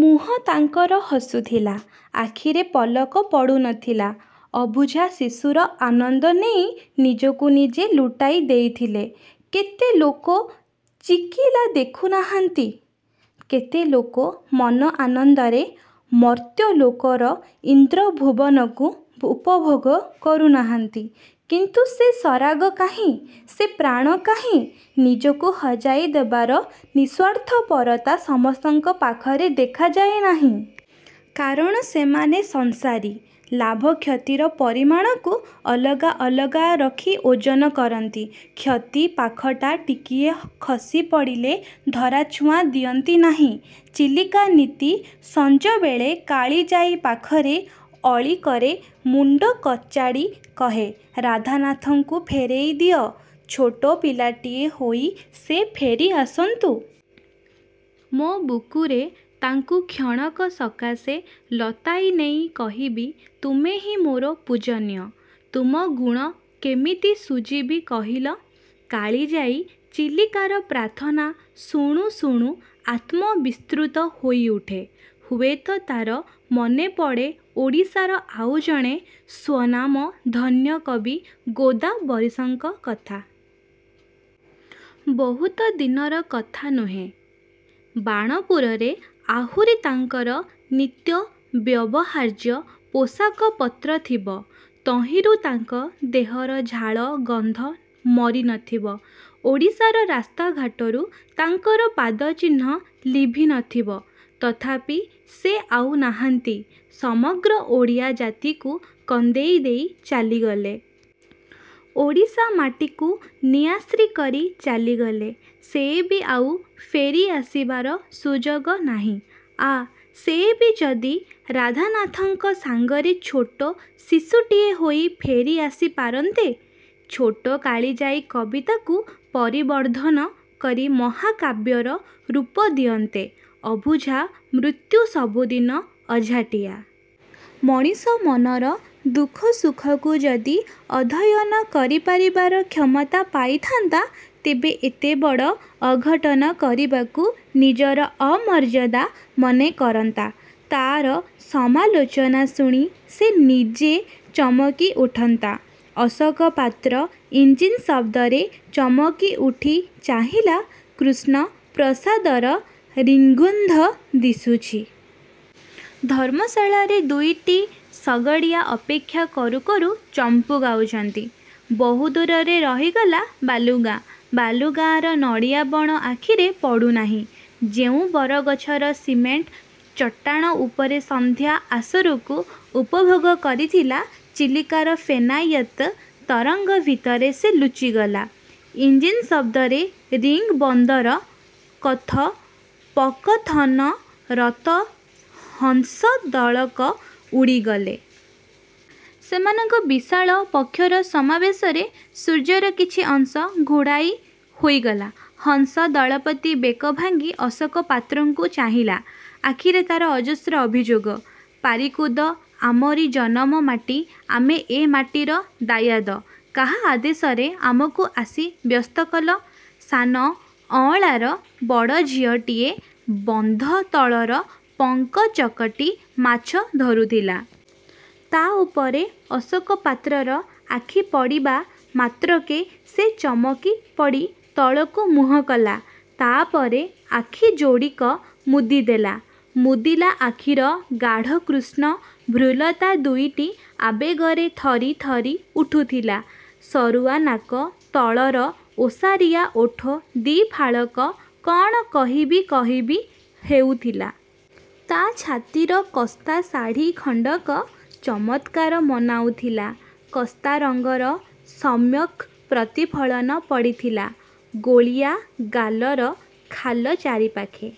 ମୁହଁ ତାଙ୍କର ହସୁଥିଲା। ଆଖିରେ ପଲକ ପଡ଼ୁନଥିଲା। ଅବୁଝା ଶିଶୁର ଆନନ୍ଦ ନେଇ ନିଜକୁ ନିଜେ ଲୁଟାଇ ଦେଇଥିଲେ। କେତେ ଲୋକ ଚିକିଲା ଦେଖୁନାହାନ୍ତି? କେତେ ଲୋକ ମନ ଆନନ୍ଦରେ ମର୍ତ୍ତ୍ୟଲୋକର-ଇନ୍ଦ୍ରଭୁବନକୁ ଉପଭୋଗ କରୁନାହାନ୍ତି? କିନ୍ତୁ ସେ ସରାଗ କାହିଁ? ସେ ପ୍ରାଣ କାହିଁ-? ନିଜକୁ ହଜାଇ ଦେବାର ନିଃସ୍ୱାର୍ଥପରତା ସମସ୍ତଙ୍କ ପାଖରେ ଦେଖାଯାଏ ନାହିଁ-। କାରଣ ସେମାନେ ସଂସାରୀ। ଲାଭ କ୍ଷତିର ପରିମାଣକୁ ଅଲଗା ଅଲଗା ରଖି ଓଜନ କରନ୍ତି-। କ୍ଷତି ପାଖଟା ଟିକିଏ ଖସି ପଡ଼ିଲେ ଧରାଛୁଆଁ ଦିଅନ୍ତି ନାହିଁ। ଚିଲିକା ନିତି ସଂଜବେଳେ କାଳିଜାଈ ପାଖରେ। ଅଳିକରେ। ମୁଣ୍ଡ କଚାଡ଼ି କହେ, ରାଧାନାଥଙ୍କୁ ଫେରାଇ ଦିଅ। ଛୋଟ ପିଲାଟିଏ ହୋଇ ସେ ଫେରି ଆସନ୍ତୁ। ମୋ ବୁକୁରେ ତାଙ୍କୁ କ୍ଷଣକ ସକାଶେ ଲତାଇ ନେଇ କହିବି, 'ତୁମେହିଁ ମୋର ପୂଜନୀୟ! ତୁମ ଗୁଣ କେମିତି ଶୁଝିବି କହିଲ? ' କାଳିଜାଈ, ଚିଲିକାର ପ୍ରାର୍ଥନା ଶୁଣୁ ଶୁଣୁ ଆତ୍ମବିସ୍ମୃତ ହୋଇଉଠେ। ହୁଏତ ତାର ମନେପଡ଼େ ଓଡ଼ିଶାର ଆଉ ଜଣେ ସ୍ୱନାମଧନ୍ୟ କବି ଗୋଦାବରୀଶଙ୍କ କଥା। ବହୁତ ଦିନର କଥା ନୁହେଁ। ବାଣପୁରରେ ଆହୁରି ତାଙ୍କର ନିତ୍ୟବ୍ୟବହାର୍ଯ୍ୟ ପୋଷାକ ପତ୍ର ଥିବ। ତହିଁରୁ ତାଙ୍କ ଦେହର ଝାଳ ଗନ୍ଧ ମରି ନଥିବ। ଓଡ଼ିଶାର ରାସ୍ତାଘାଟରୁ ତାଙ୍କର ପାଦଚିହ୍ନ ଲିଭି ନ ଥିବ। ତଥାପି ସେ ଆଉ ନାହାନ୍ତି। ସମଗ୍ର ଓଡ଼ିଆ ଜାତିକୁ କନ୍ଦେଇ ଦେଇ ଚାଲିଗଲେ। ଓଡ଼ିଶା ମାଟିକୁ ନିଆଶ୍ରୀ କରି ଚାଲିଗଲେ, ସେ ବି ଆଉ ଫେରି ଆସିବାର ସୁଯୋଗ ନାହିଁ। ଆଃ, ସେ ବି ଯଦି ରାଧାନାଥଙ୍କ ସଙ୍ଗରେ ଛୋଟ ଶିଶୁଟିଏ ହୋଇ ଫେରି ଆସି ପାରନ୍ତେ? ଛୋଟ କାଳିଜାଈ କବିତାକୁ ପରିବର୍ଦ୍ଧନ କରି ମହାକାବ୍ୟର ରୂପ ଦିଅନ୍ତେ!! ଅବୁଝା ମୃତ୍ୟୁ ସବୁଦିନ ଅଝଟିଆ। ମଣିଷ ମନର ଦୁଃଖ ସୁଖକୁ ଯଦି ଅଧ୍ୟୟନ କରିପାରିବାର କ୍ଷମତା ପାଇଥାନ୍ତା, ତେବେ ଏତେବଡ଼ ଅଘଟନ କରିବାକୁ ନିଜର ଅମର୍ଯ୍ୟାଦା ମନେ କରନ୍ତା। ତାର ସମାଲୋଚନା ଶୁଣି ସେ ନିଜେ ଚମକି ଉଠନ୍ତା। ଅଶୋକ ପାତ୍ର ଇଂଜିନ ଶବ୍ଦରେ ଚମକି ଉଠି ଚାହିଁଲା, କୃଷ୍ଣପ୍ରସାଦର ରିଙ୍ଗ୍ବନ୍ଧ ଦିଶୁଛି। ଧର୍ମଶାଳାରେ ଦୁଇଟି ଶଗଡ଼ିଆ ଅପେକ୍ଷା କରୁ କରୁ ଚମ୍ପୂ ଗାଉଛନ୍ତି। ବହୁ ଦୂରରେ ରହିଗଲା ବାଲୁଗାଁ। ବାଲୁଗାଁର ନଡ଼ିଆ ବଣ ଆଖିରେ ପଡ଼ୁନାହିଁ। ଯେଉଁ ବରଗଛର ସିମେଣ୍ଟ ଚଟାଣ ଉପରେ ସନ୍ଧ୍ୟା ଆସରକୁ ଉପଭୋଗ କରିଥିଲା, ଚିଲିକାର ଫେନାୟିତ ତରଙ୍ଗ ଭିତରେ ସେ ଲୁଚିଗଲା। ଇଂଜିନ୍ଶବ୍ଦରେ ରିଙ୍ଗ ବନ୍ଧର କଥୋପକଥନରତ ହଂସ ଦଳକ ଉଡ଼ିଗଲେ। ସେମାନଙ୍କ ବିଶାଳ ପକ୍ଷର ସମାବେଶରେ ସୂର୍ଯ୍ୟର କିଛି ଅଂଶ ଘୋଡ଼ାଇ ହୋଇଗଲା। ହଂସ-ଦଳପତି ବେକ ଭାଙ୍ଗି ଅଶୋକ ପାତ୍ରକୁ ଚାହିଁଲା। ଆଖିରେ ତାର ଅଜସ୍ର ଅଭିଯୋଗ। ''ପାରିକୁଦ ଆମରି ଜନମମାଟି! ଆମେ ଏ ମାଟିର ଦାୟାଦ। କାହା ଆଦେଶରେ ଆମକୁ ଆସି ବ୍ୟସ୍ତ କଲ? '' 'ସାନ ଅଅଁଳା'ର ବଡ଼ ଝିଅଟିଏ ବନ୍ଧତଳର ପଙ୍କ ଚକଟି ମାଛ ଧରୁଥିଲା। ତା' ଉପରେ ଅଶୋକ ପାତ୍ରର ଆଖି ପଡ଼ିବା ମାତ୍ରକେ ସେ ଚମକିପଡ଼ି ତଳକୁ ମୁହଁ କଲା। ତା' ପରେ ଆଖି ଯୋଡ଼ିକ ମୁଦି ଦେଲା। ମୁଦିଲା ଆଖିର ଗାଢ଼କୃଷ୍ଣ ଭ୍ରୁଲତା ଦୁଇଟି ଆବେଗରେ ଥରି, ଥରି ଉଠୁଥିଲା। ସରୁଆ ନାକ ତଳର ଓସାରିଆ ଓଠ ଦି'ଫାଳକ କଣ କହିବି, କହିବି ହେଉଥିଲା। ତା' ଛାତିର କସ୍ତା ଶାଢ଼ି ଖଣ୍ଡକ ଚମତ୍କାର ମନାଉଥିଲା। କସ୍ତା ରଙ୍ଗର ସମ୍ୟକ୍ ପ୍ରତିଫଳନ ପଡ଼ିଥିଲା ଗୋଲିଆ ଗାଲର ଖାଲ ଚାରିପାଖେ।